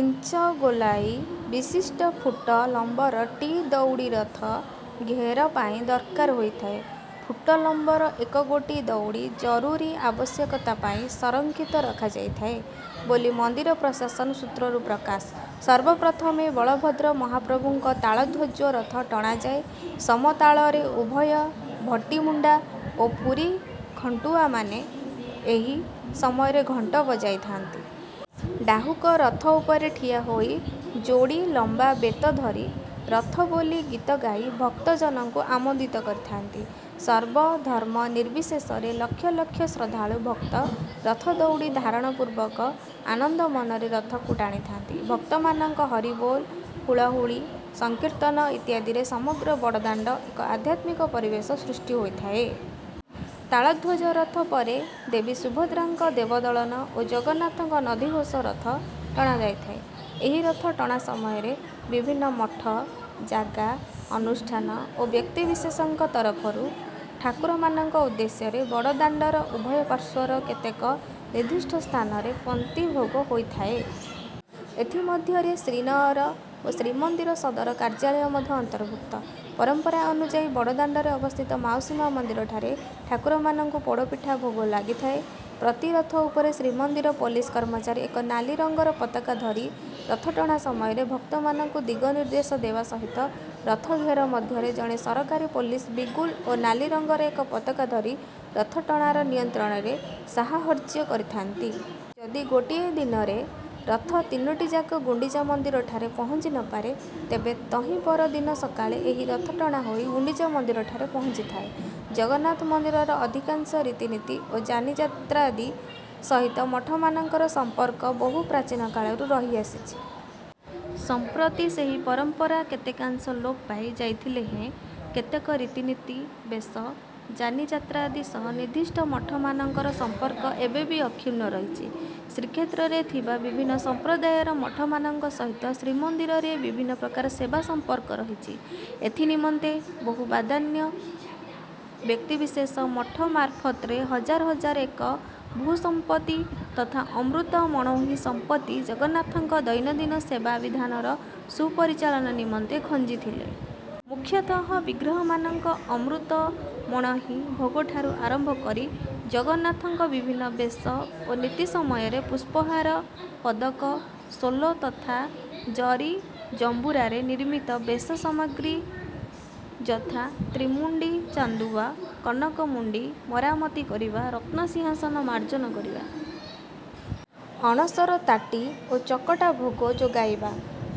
Inch ଗୋଲାଇ ବିଶିଷ୍ଟ foot ଲମ୍ବର ଟି ଦଉଡି ରଥ ଘେର ପାଇଁ ଦରକାର ହୋଇଥାଏ। ଫୁଟ୍ ଲମ୍ବର ଏକଗୋଟି ଦଉଡି ଜରୁରୀ ଆବଶ୍ୟକତା ପାଇଁ ସଂରକ୍ଷିତ ରଖାଯାଇଥାଏ ବୋଲି ମନ୍ଦିର ପ୍ରଶାସନ ସୂତ୍ରରୁ ପ୍ରକାଶ। ସର୍ବପ୍ରଥମେ ବଳଭଦ୍ର ମହାପ୍ରଭୁଙ୍କ ତାଳଧ୍ୱଜ ରଥ ଟଣାଯାଏ। ସମତାଳରେ ଉଭୟ ଭଟିମୁଣ୍ଡା ଓ ପୁରୀ ଘଣ୍ଟୁଆମାନେ ଏହି ସମୟରେ ଘଣ୍ଟ ବଜାଇଥାନ୍ତି। ଡାହୁକ ରଥ ଉପରେ ଠିଆ ହୋଇ ଯୋଡ଼ି ଲମ୍ବା ବେତ ଧରି ରଥ ବୋଲି ଗୀତ ଗାଇ ଭକ୍ତଜନଙ୍କୁ ଆମୋଦିତ କରିଥାନ୍ତି। ସର୍ବ ଧର୍ମ ନିର୍ବିଶେଷରେ ଲକ୍ଷ ଲକ୍ଷ ଶ୍ରଦ୍ଧାଳୁ ଭକ୍ତ ରଥ ଦଉଡ଼ି ଧାରଣ ପୂର୍ବକ ଆନନ୍ଦ ମନରେ ରଥକୁ ଟାଣିଥାନ୍ତି। ଭକ୍ତମାନଙ୍କ ହରିବୋଲ, ହୁଳହୁଳି, ସଂକୀର୍ତ୍ତନ ଇତ୍ୟାଦିରେ ସମଗ୍ର ବଡ଼ଦାଣ୍ଡ ଏକ ଆଧ୍ୟାତ୍ମିକ ପରିବେଶ ସୃଷ୍ଟି ହୋଇଥାଏ। ତାଳଧ୍ୱଜ ରଥ ପରେ ଦେବୀ ସୁଭଦ୍ରାଙ୍କ ଦେବଦଳନ ଓ ଜଗନ୍ନାଥଙ୍କ ନନ୍ଦିଘୋଷ ରଥ ଟଣା ଯାଇଥାଏ। ଏହି ରଥ ଟଣା ସମୟରେ ବିଭିନ୍ନ ମଠ, ଜାଗା, ଅନୁଷ୍ଠାନ ଓ ବ୍ୟକ୍ତିବିଶେଷଙ୍କ ତରଫରୁ ଠାକୁରମାନଙ୍କ ଉଦ୍ଦେଶ୍ୟରେ ବଡ଼ଦାଣ୍ଡର ଉଭୟ ପାର୍ଶ୍ୱର କେତେକ ନିର୍ଦ୍ଦିଷ୍ଟ ସ୍ଥାନରେ ପନ୍ତି ଭୋଗ ହୋଇଥାଏ। ଏଥି ମଧ୍ୟରେ ଶ୍ରୀନଅର ଓ ଶ୍ରୀମନ୍ଦିର ସଦର କାର୍ଯ୍ୟାଳୟ ମଧ୍ୟ ଅନ୍ତର୍ଭୁକ୍ତ। ପରମ୍ପରା ଅନୁଯାୟୀ ବଡ଼ଦାଣ୍ଡରେ ଅବସ୍ଥିତ ମାଉସୀ ମା' ମନ୍ଦିରଠାରେ ଠାକୁରମାନଙ୍କୁ ପୋଡ଼ ପିଠା ଭୋଗ ଲାଗିଥାଏ। ପ୍ରତି ରଥ ଉପରେ ଶ୍ରୀମନ୍ଦିର ପୋଲିସ କର୍ମଚାରୀ ଏକ ନାଲି ରଙ୍ଗର ପତାକା ଧରି ରଥଟଣା ସମୟରେ ଭକ୍ତମାନଙ୍କୁ ଦିଗ ନିର୍ଦ୍ଦେଶ ଦେବା ସହିତ ରଥ ଘେର ମଧ୍ୟରେ ଜଣେ ସରକାରୀ ପୋଲିସ ବିଗୁଲ ଓ ନାଲି ରଙ୍ଗର ଏକ ପତାକା ଧରି ରଥଟଣାର ନିୟନ୍ତ୍ରଣରେ ସାହାହର୍ଯ୍ୟ କରିଥାନ୍ତି। ଯଦି ଗୋଟିଏ ଦିନରେ ରଥ ତିନିଟି ଯାକ ଗୁଣ୍ଡିଚା ମନ୍ଦିରଠାରେ ପହଞ୍ଚି ନ ପାରେ, ତେବେ ତହିଁପର ଦିନ ସକାଳେ ଏହି ରଥଟଣା ହୋଇ ଗୁଣ୍ଡିଚା ମନ୍ଦିରଠାରେ ପହଞ୍ଚିଥାଏ। ଜଗନ୍ନାଥ ମନ୍ଦିରର ଅଧିକାଂଶ ରୀତିନୀତି ଓ ଯାନିଯାତ୍ରାଦି ସହିତ ମଠମାନଙ୍କର ସମ୍ପର୍କ ବହୁ ପ୍ରାଚୀନ କାଳରୁ ରହି ଆସିଛି। ସମ୍ପ୍ରତି ସେହି ପରମ୍ପରା କେତେକାଂଶ ଲୋପ ପାଇ ଯାଇଥିଲେ ହେଁ, କେତେକ ରୀତିନିତି, ବେଶ, ଯାନିଯାତ୍ରାଦି ସହ ନିର୍ଦ୍ଦିଷ୍ଟ ମଠମାନଙ୍କର ସମ୍ପର୍କ ଏବେ ବି ଅକ୍ଷୁର୍ଣ୍ଣ ରହିଛି। ଶ୍ରୀକ୍ଷେତ୍ରରେ ଥିବା ବିଭିନ୍ନ ସମ୍ପ୍ରଦାୟର ମଠମାନଙ୍କ ସହିତ ଶ୍ରୀମନ୍ଦିରରେ ବିଭିନ୍ନ ପ୍ରକାର ସେବା ସମ୍ପର୍କ ରହିଛି। ଏଥି ନିମନ୍ତେ ବହୁ ବଦାନ୍ୟ ବ୍ୟକ୍ତିବିଶେଷ ମଠ ମାରଫତରେ ହଜାର ହଜାର ଏକ ଭୂ-ସମ୍ପତି ତଥା ଅମୃତ ମଣୋହି ସମ୍ପତ୍ତି ଜଗନ୍ନାଥଙ୍କ ଦୈନନ୍ଦିନ ସେବା ବିଧାନର ସୁପରିଚାଳନା ନିମନ୍ତେ ଖଞ୍ଜିଥିଲେ। ମୂଖ୍ୟତଃ ବିଗ୍ରହମାନଙ୍କ ଅମୃତ ମୋଣହି ଭୋଗଠାରୁ ଆରମ୍ଭ କରି ଜଗନ୍ନାଥଙ୍କ ବିଭିନ୍ନ ବେଶ ଓ ନୀତି ସମୟରେ ପୁଷ୍ପହାର, ପଦକ, ସୋଲ ତଥା ଜରି ଜମ୍ବୁରାରେ ନିର୍ମିତ ବେଶ ସାମଗ୍ରୀ ଯଥା ତ୍ରିମୁଣ୍ଡି ଚାନ୍ଦୁଆ, କନକ ମୁଣ୍ଡି ମରାମତି କରିବା, ରତ୍ନ ସିଂହାସନ ମାର୍ଜନା କରିବା, ଅଣସର ତାଟି ଓ ଚକଟା ଭୋଗ ଯୋଗାଇବା,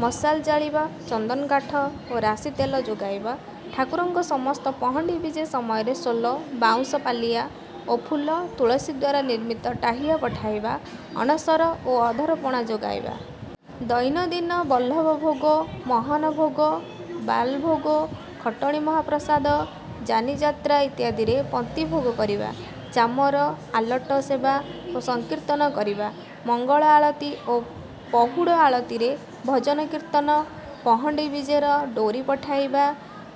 ମଶାଲ ଜାଳିବା, ଚନ୍ଦନ କାଠ ଓ ରାଶି ତେଲ ଯୋଗାଇବା, ଠାକୁରଙ୍କ ସମସ୍ତ ପହଣ୍ଡି ବିଜେ ସମୟରେ ସୋଲ, ବାଉଁଶ ପାଲିଆ ଓ ଫୁଲ ତୁଳସୀଦ୍ୱାରା ନିର୍ମିତ ଟାହିୟା ପଠାଇବା, ଅଣସର ଓ ଅଧର ପଣା ଯୋଗାଇବା, ଦୈନନ୍ଦିନ ବଲ୍ଲଭ ଭୋଗ, ମହନ ଭୋଗ, ବାଲ ଭୋଗ, ଖଟଣି ମହାପ୍ରସାଦ, ଯାନିଯାତ୍ରା ଇତ୍ୟାଦିରେ ପନ୍ତି ଭୋଗ କରିବା, ଚାମର, ଆଲଟ ସେବା ଓ ସଂକୀର୍ତ୍ତନ କରିବା, ମଙ୍ଗଳ ଆଳତି ଓ ପହୁଡ଼ ଆଳତିରେ ଭଜନ କୀର୍ତ୍ତନ, ପହଣ୍ଡି ବିଜେର ଡୋରୀ ପଠାଇବା,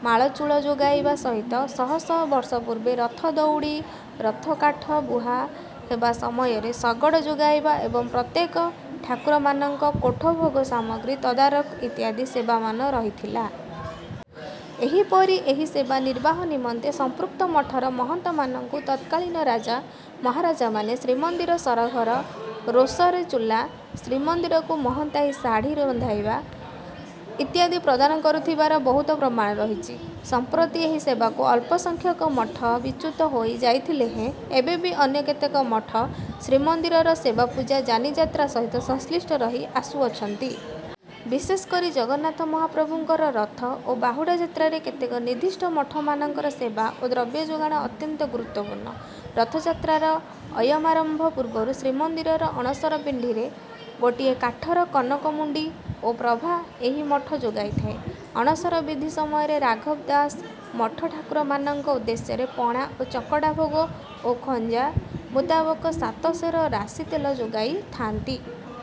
ମାଳଚୂଳ ଯୋଗାଇବା ସହିତ ଶହ ଶହ ବର୍ଷ ପୂର୍ବେ ରଥ ଦଉଡି଼, ରଥକାଠ ବୁହା ହେବା ସମୟରେ ଶଗଡ଼ ଯୋଗାଇବା ଏବଂ ପ୍ରତ୍ୟେକ ଠାକୁରମାନଙ୍କ କୋଠ ଭୋଗ ସାମଗ୍ରୀ ତଦାରଖ ଇତ୍ୟାଦି ସେବାମାନ ରହିଥିଲା। ଏହିପରି ଏହି ସେବା ନିର୍ବାହ ନିମନ୍ତେ ସମ୍ପୃକ୍ତ ମଠର ମହନ୍ତମାନଙ୍କୁ ତତ୍କାଳୀନ ରାଜା ମହାରାଜାମାନେ ଶ୍ରୀମନ୍ଦିର ସରଘର, ରୋଷରେ ଚୁଲା, ଶ୍ରୀମନ୍ଦିରକୁ ମହନ୍ତାଇ ଶାଢ଼ୀ଼ ବନ୍ଧାଇବା ଇତ୍ୟାଦି ପ୍ରଦାନ କରିଥିବାର ବହୁତ ପ୍ରମାଣ ରହିଛି। ସମ୍ପ୍ରତି ଏହି ସେବାରୁ ଅଳ୍ପ ସଂଖ୍ୟକ ମଠ ବିଚ୍ୟୁତ ହୋଇ ଯାଇଥିଲେ ହେଁ, ଏବେବି ଅନ୍ୟ କେତେକ ମଠ ଶ୍ରୀମନ୍ଦିରର ସେବାପୁଜା, ଯାନିଯାତ୍ରା ସହିତ ସଂଶ୍ଳିଷ୍ଟ ରହି ଆସୁଅଛନ୍ତି। ବିଶେଷକରି ଜଗନ୍ନାଥ ମହାପ୍ରଭୁଙ୍କର ରଥ ଓ ବାହୁଡା଼ ଯାତ୍ରାରେ କେତେକ ନିର୍ଦ୍ଦିଷ୍ଟ ମଠମାନଙ୍କର ସେବା ଓ ଦ୍ରବ୍ୟ ଯୋଗାଣ ଅତ୍ୟନ୍ତ ଗୁରୁତ୍ୱପୂର୍ଣ୍ଣ। ରଥଯାତ୍ରାର ଅୟମାରମ୍ଭ ପୂର୍ବରୁ ଶ୍ରୀମନ୍ଦିରର ଅଣସର ପିଣ୍ଡିରେ ଗୋଟିଏ କାଠର କନକମୁଣ୍ଡି ଓ ପ୍ରଭା ଏହି ମଠ ଯୋଗାଇଥାଏ। ଅଣସର ବିଧି ସମୟରେ ରାଘବ ଦାସ ମଠ ଠାକୁରମାନଙ୍କ ଉଦ୍ଦେଶ୍ୟରେ ପଣା ଓ ଚକଟା ଭୋଗ, ଓ ଖଞ୍ଜା ମୁତାବକ ସାତ ସେର ରାଶି ତେଲ ଯୋଗାଇଥାନ୍ତି।